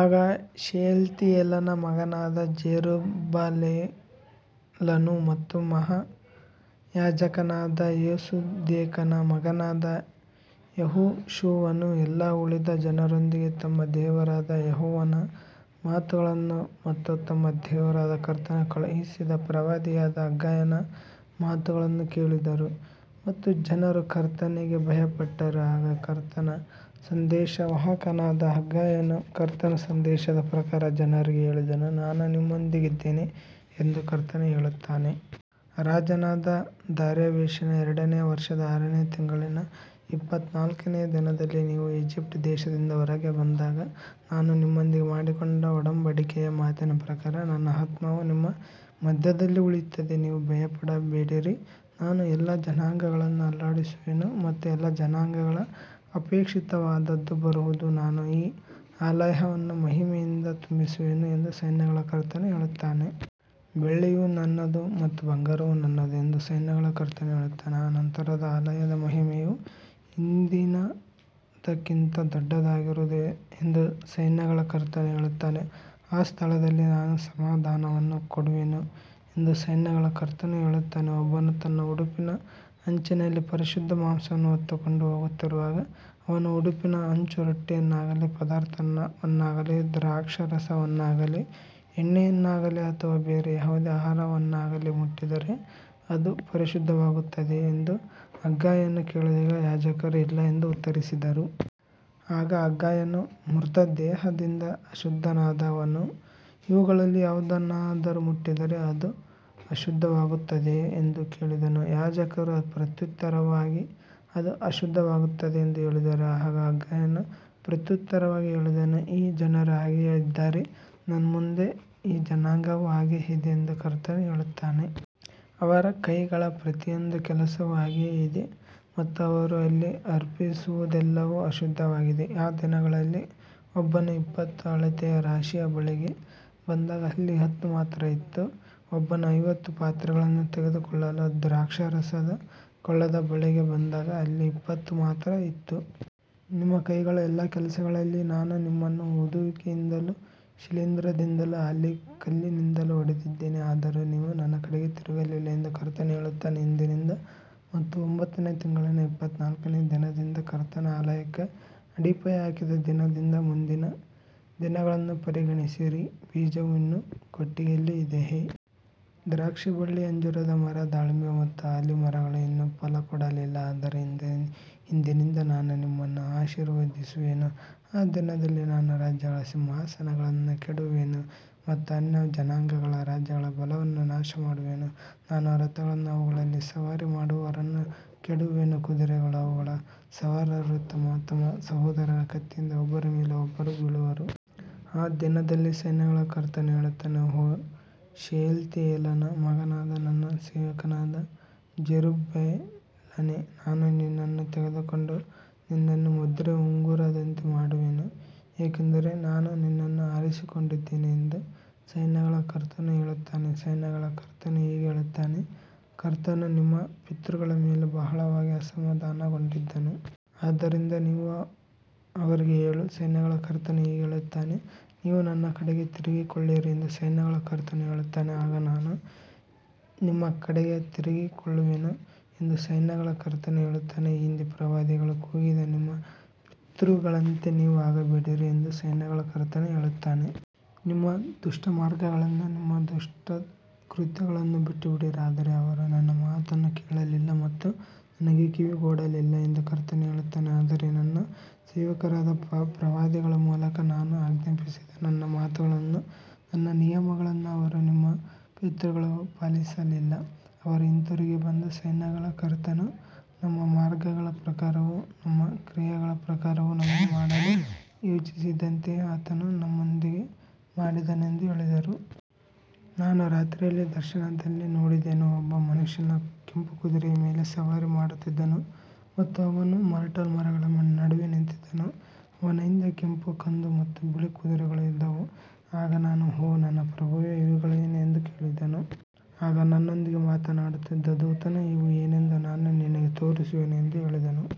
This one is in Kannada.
ಆಗ ಶೆಯಲ್ತೀಯೇಲನ ಮಗನಾದ ಜೆರುಬ್ಬಾಬೆಲನು ಮತ್ತು ಮಹಾಯಾಜಕನಾದ ಯೋಸೇದೇಕನ ಮಗನಾದ ಯೆಹೋಶುವನು ಎಲ್ಲಾ ಉಳಿದ ಜನರೊಂದಿಗೆ ತಮ್ಮ ದೇವರಾದ ಯೆಹೋವನ ಮಾತುಗಳನ್ನು ಮತ್ತು ತಮ್ಮ ದೇವರಾದ ಕರ್ತನು ಕಳುಹಿಸಿದ ಪ್ರವಾದಿಯಾದ ಹಗ್ಗಾಯನ ಮಾತುಗಳನ್ನು ಕೇಳಿದರು ಮತ್ತು ಜನರು ಕರ್ತನಿಗೆ ಭಯಪಟ್ಟರು. ಆಗ ಕರ್ತನ ಸಂದೇಶವಾಹಕನಾದ ಹಗ್ಗಾಯನು ಕರ್ತನ ಸಂದೇಶದ ಪ್ರಕಾರ ಜನರಿಗೆ ಹೇಳಿದನು, ನಾನು ನಿಮ್ಮೊಂದಿಗಿದ್ದೇನೆ ಎಂದು ಕರ್ತನು ಹೇಳುತ್ತಾನೆ. ರಾಜನಾದ ದಾರ್ಯಾವೇಶನ ಎರಡನೆಯ ವರ್ಷದ ಆರನೆಯ ತಿಂಗಳಿನ ಇಪ್ಪತ್ತನಾಲ್ಕನೆಯ ದಿನದಲ್ಲಿ, ನೀವು ಈಜಿಪ್ಟ್ ದೇಶದಿಂದ ಹೊರಗೆ ಬಂದಾಗ ನಾನು ನಿಮ್ಮೊಂದಿಗೆ ಮಾಡಿಕೊಂಡ ಒಡಂಬಡಿಕೆಯ ಮಾತಿನ ಪ್ರಕಾರ ನನ್ನ ಆತ್ಮವು ನಿಮ್ಮ ಮಧ್ಯದಲ್ಲಿ ಉಳಿಯುತ್ತದೆ, ನೀವು ಭಯಪಡಬೇಡಿರಿ. ನಾನು ಎಲ್ಲಾ ಜನಾಂಗಗಳನ್ನು ಅಲ್ಲಾಡಿಸುವೆನು ಮತ್ತು ಎಲ್ಲಾ ಜನಾಂಗಗಳ ಅಪೇಕ್ಷಿತವಾದದ್ದು ಬರುವುದು, ನಾನು ಈ ಆಲಯವನ್ನು ಮಹಿಮೆಯಿಂದ ತುಂಬಿಸುವೆನು ಎಂದು ಸೈನ್ಯಗಳ ಕರ್ತನು ಹೇಳುತ್ತಾನೆ. ಬೆಳ್ಳಿಯು ನನ್ನದು ಮತ್ತು ಬಂಗಾರವೂ ನನ್ನದು ಎಂದು ಸೈನ್ಯಗಳ ಕರ್ತನು ಹೇಳುತ್ತಾನೆ. ಈ ನಂತರದ ಆಲಯದ ಮಹಿಮೆಯು ಹಿಂದಿನದಕ್ಕಿಂತ ದೊಡ್ಡದಾಗಿರುವುದು ಎಂದು ಸೈನ್ಯಗಳ ಕರ್ತನು ಹೇಳುತ್ತಾನೆ. ಈ ಸ್ಥಳದಲ್ಲಿ ನಾನು ಸಮಾಧಾನವನ್ನು ಕೊಡುವೆನು ಎಂದು ಸೈನ್ಯಗಳ ಕರ್ತನು ಹೇಳುತ್ತಾನೆ. ಒಬ್ಬನು ತನ್ನ ಉಡುಪಿನ ಅಂಚಿನಲ್ಲಿ ಪರಿಶುದ್ಧ ಮಾಂಸವನ್ನು ಹೊತ್ತುಕೊಂಡು ಹೋಗುತ್ತಿರುವಾಗ, ಅವನ ಉಡುಪಿನ ಅಂಚು ರೊಟ್ಟಿಯನ್ನಾಗಲಿ, ಪದಾರ್ಥವನ್ನಾಗಲಿ, ದ್ರಾಕ್ಷಾರಸವನ್ನಾಗಲಿ, ಎಣ್ಣೆಯನ್ನಾಗಲಿ ಅಥವಾ ಬೇರೆ ಯಾವುದೇ ಆಹಾರವನ್ನಾಗಲಿ ಮುಟ್ಟಿದರೆ ಅದು ಪರಿಶುದ್ಧವಾಗುತ್ತದೆಯೇ ಎಂದು ಹಗ್ಗಾಯನು ಕೇಳಿದಾಗ ಯಾಜಕರು ಇಲ್ಲ ಎಂದು ಉತ್ತರಿಸಿದರು. ಆಗ ಹಗ್ಗಾಯನು, ಮೃತದೇಹದಿಂದ ಅಶುದ್ಧನಾದವನು ಇವುಗಳಲ್ಲಿ ಯಾವುದನ್ನಾದರೂ ಮುಟ್ಟಿದರೆ ಅದು ಅಶುದ್ಧವಾಗುತ್ತದೆಯೇ ಎಂದು ಕೇಳಿದನು. ಯಾಜಕರು ಪ್ರತ್ಯುತ್ತರವಾಗಿ ಅದು ಅಶುದ್ಧವಾಗುತ್ತದೆ ಎಂದು ಹೇಳಿದರು. ಆಗ ಹಗ್ಗಾಯನು ಪ್ರತ್ಯುತ್ತರವಾಗಿ ಹೇಳಿದನು, ಈ ಜನರೂ ಹಾಗೆಯೇ ಇದ್ದಾರೆ, ನನ್ನ ಮುಂದೆ ಈ ಜನಾಂಗವೂ ಹಾಗೆಯೇ ಇದೆ ಎಂದು ಕರ್ತನು ಹೇಳುತ್ತಾನೆ. ಅವರ ಕೈಗಳ ಪ್ರತಿಯೊಂದು ಕೆಲಸವೂ ಹಾಗೆಯೇ ಇದೆ ಮತ್ತು ಅವರು ಅಲ್ಲಿ ಅರ್ಪಿಸುವುದೆಲ್ಲವೂ ಅಶುದ್ಧವಾಗಿದೆ. ಆ ದಿನಗಳಲ್ಲಿ ಒಬ್ಬನು ಇಪ್ಪತ್ತು ಅಳತೆಯ ರಾಶಿಯ ಬಳಿಗೆ ಬಂದಾಗ ಅಲ್ಲಿ ಹತ್ತು ಮಾತ್ರ ಇತ್ತು. ಒಬ್ಬನು ಐವತ್ತು ಪಾತ್ರೆಗಳನ್ನು ತೆಗೆದುಕೊಳ್ಳಲು ದ್ರಾಕ್ಷಾರಸದ ಕೊಳದ ಬಳಿಗೆ ಬಂದಾಗ ಅಲ್ಲಿ ಇಪ್ಪತ್ತು ಮಾತ್ರ ಇತ್ತು. ನಿಮ್ಮ ಕೈಗಳ ಎಲ್ಲಾ ಕೆಲಸಗಳಲ್ಲಿ ನಾನು ನಿಮ್ಮನ್ನು ಊದುವಿಕೆಯಿಂದಲೂ ಶಿಲೀಂಧ್ರದಿಂದಲೂ ಆಲಿಕಲ್ಲಿನಿಂದಲೂ ಹೊಡೆದಿದ್ದೇನೆ, ಆದರೂ ನೀವು ನನ್ನ ಕಡೆಗೆ ತಿರುಗಲಿಲ್ಲ ಎಂದು ಕರ್ತನು ಹೇಳುತ್ತಾನೆ. ಇಂದಿನಿಂದ ಮತ್ತು ಒಂಬತ್ತನೆಯ ತಿಂಗಳಿನ ಇಪ್ಪತ್ತನಾಲ್ಕನೆಯ ದಿನದಿಂದ, ಕರ್ತನ ಆಲಯಕ್ಕೆ ಅಡಿಪಾಯ ಹಾಕಿದ ದಿನದಿಂದ ಮುಂದಿನ ದಿನಗಳನ್ನು ಪರಿಗಣಿಸಿರಿ. ಬೀಜವು ಇನ್ನೂ ಕೊಟ್ಟಿಗೆಯಲ್ಲಿ ಇದೆಯೇ? ದ್ರಾಕ್ಷಿಬಳ್ಳಿ, ಅಂಜೂರದ ಮರ, ದಾಳಿಂಬೆ ಮತ್ತು ಆಲಿವ್ ಮರಗಳು ಇನ್ನೂ ಫಲ ಕೊಡಲಿಲ್ಲ. ಆದರೆ ಇಂದಿನಿಂದ ನಾನು ನಿಮ್ಮನ್ನು ಆಶೀರ್ವದಿಸುವೆನು. ಆ ದಿನದಲ್ಲಿ ನಾನು ರಾಜ್ಯಗಳ ಸಿಂಹಾಸನಗಳನ್ನು ಕೆಡವುವೆನು ಮತ್ತು ಅನ್ಯಜನಾಂಗಗಳ ರಾಜ್ಯಗಳ ಬಲವನ್ನು ನಾಶಮಾಡುವೆನು. ನಾನು ರಥಗಳನ್ನೂ ಅವುಗಳಲ್ಲಿ ಸವಾರಿ ಮಾಡುವವರನ್ನೂ ಕೆಡವುವೆನು. ಕುದುರೆಗಳೂ ಅವುಗಳ ಸವಾರರೂ ತಮ್ಮ ತಮ್ಮ ಸಹೋದರನ ಕತ್ತಿಯಿಂದ ಒಬ್ಬರ ಮೇಲೆ ಒಬ್ಬರು ಬೀಳುವರು. ಆ ದಿನದಲ್ಲಿ ಸೈನ್ಯಗಳ ಕರ್ತನು ಹೇಳುತ್ತಾನೆ, ಓ ಶೆಯಲ್ತೀಯೇಲನ ಮಗನಾದ ನನ್ನ ಸೇವಕನಾದ ಜೆರುಬ್ಬಾಬೆಲನೇ, ನಾನು ನಿನ್ನನ್ನು ತೆಗೆದುಕೊಂಡು ನಿನ್ನನ್ನು ಮುದ್ರೆಯ ಉಂಗುರದಂತೆ ಮಾಡುವೆನು, ಏಕೆಂದರೆ ನಾನು ನಿನ್ನನ್ನು ಆರಿಸಿಕೊಂಡಿದ್ದೇನೆ ಎಂದು ಸೈನ್ಯಗಳ ಕರ್ತನು ಹೇಳುತ್ತಾನೆ. ಸೈನ್ಯಗಳ ಕರ್ತನು ಹೀಗೆ ಹೇಳುತ್ತಾನೆ, ಕರ್ತನು ನಿಮ್ಮ ಪಿತೃಗಳ ಮೇಲೆ ಬಹಳವಾಗಿ ಅಸಮಾಧಾನಗೊಂಡಿದ್ದನು. ಆದ್ದರಿಂದ ನೀನು ಅವರಿಗೆ ಹೇಳು, ಸೈನ್ಯಗಳ ಕರ್ತನು ಹೀಗೆ ಹೇಳುತ್ತಾನೆ, ನೀವು ನನ್ನ ಕಡೆಗೆ ತಿರುಗಿಕೊಳ್ಳಿರಿ ಎಂದು ಸೈನ್ಯಗಳ ಕರ್ತನು ಹೇಳುತ್ತಾನೆ, ಆಗ ನಾನು ನಿಮ್ಮ ಕಡೆಗೆ ತಿರುಗಿಕೊಳ್ಳುವೆನು ಎಂದು ಸೈನ್ಯಗಳ ಕರ್ತನು ಹೇಳುತ್ತಾನೆ. ಈ ಹಿಂದೆ ಪ್ರವಾದಿಗಳು ಕೂಗಿದ ನಿಮ್ಮ ಪಿತೃಗಳಂತೆ ನೀವೂ ಆಗಬೇಡಿರಿ ಎಂದು ಸೈನ್ಯಗಳ ಕರ್ತನು ಹೇಳುತ್ತಾನೆ. ನಿಮ್ಮ ದುಷ್ಟ ಮಾರ್ಗಗಳನ್ನೂ ನಿಮ್ಮ ದುಷ್ಕೃತ್ಯಗಳನ್ನೂ ಬಿಟ್ಟುಬಿಡಿರಿ. ಆದರೆ ಅವರು ನನ್ನ ಮಾತನ್ನು ಕೇಳಲಿಲ್ಲ ಮತ್ತು ನನಗೆ ಕಿವಿಗೊಡಲಿಲ್ಲ ಎಂದು ಕರ್ತನು ಹೇಳುತ್ತಾನೆ. ಆದರೆ ನನ್ನ ಸೇವಕರಾದ ಪ್ರವಾದಿಗಳ ಮೂಲಕ ನಾನು ಆಜ್ಞಾಪಿಸಿದ ನನ್ನ ಮಾತುಗಳನ್ನೂ ನನ್ನ ನಿಯಮಗಳನ್ನೂ ಅವರು ನಿಮ್ಮ ಪಿತೃಗಳು ಪಾಲಿಸಲಿಲ್ಲ. ಅವರು ಹಿಂತಿರುಗಿ ಬಂದು, ಸೈನ್ಯಗಳ ಕರ್ತನು ನಮ್ಮ ಮಾರ್ಗಗಳ ಪ್ರಕಾರವೂ ನಮ್ಮ ಕ್ರಿಯೆಗಳ ಪ್ರಕಾರವೂ ನಮಗೆ ಮಾಡಲು ಯೋಚಿಸಿದಂತೆಯೇ ಆತನು ನಮ್ಮೊಂದಿಗೆ ಮಾಡಿದನು ಎಂದು ಹೇಳಿದರು. ನಾನು ರಾತ್ರಿಯಲ್ಲಿ ದರ್ಶನದಲ್ಲಿ ನೋಡಿದೆನು. ಒಬ್ಬ ಮನುಷ್ಯನು ಕೆಂಪು ಕುದುರೆಯ ಮೇಲೆ ಸವಾರಿ ಮಾಡುತ್ತಿದ್ದನು ಮತ್ತು ಅವನು ಮರ್ಟಲ್ ಮರಗಳ ನಡುವೆ ನಿಂತಿದ್ದನು. ಅವನ ಹಿಂದೆ ಕೆಂಪು, ಕಂದು ಮತ್ತು ಬಿಳಿ ಕುದುರೆಗಳು ಇದ್ದವು. ಆಗ ನಾನು, ಓ ನನ್ನ ಪ್ರಭುವೇ, ಇವುಗಳೇನು ಎಂದು ಕೇಳಿದೆನು. ಆಗ ನನ್ನೊಂದಿಗೆ ಮಾತನಾಡುತ್ತಿದ್ದ ದೂತನು, ಇವು ಏನೆಂದು ನಾನು ನಿನಗೆ ತೋರಿಸುವೆನು ಎಂದು ಹೇಳಿದನು.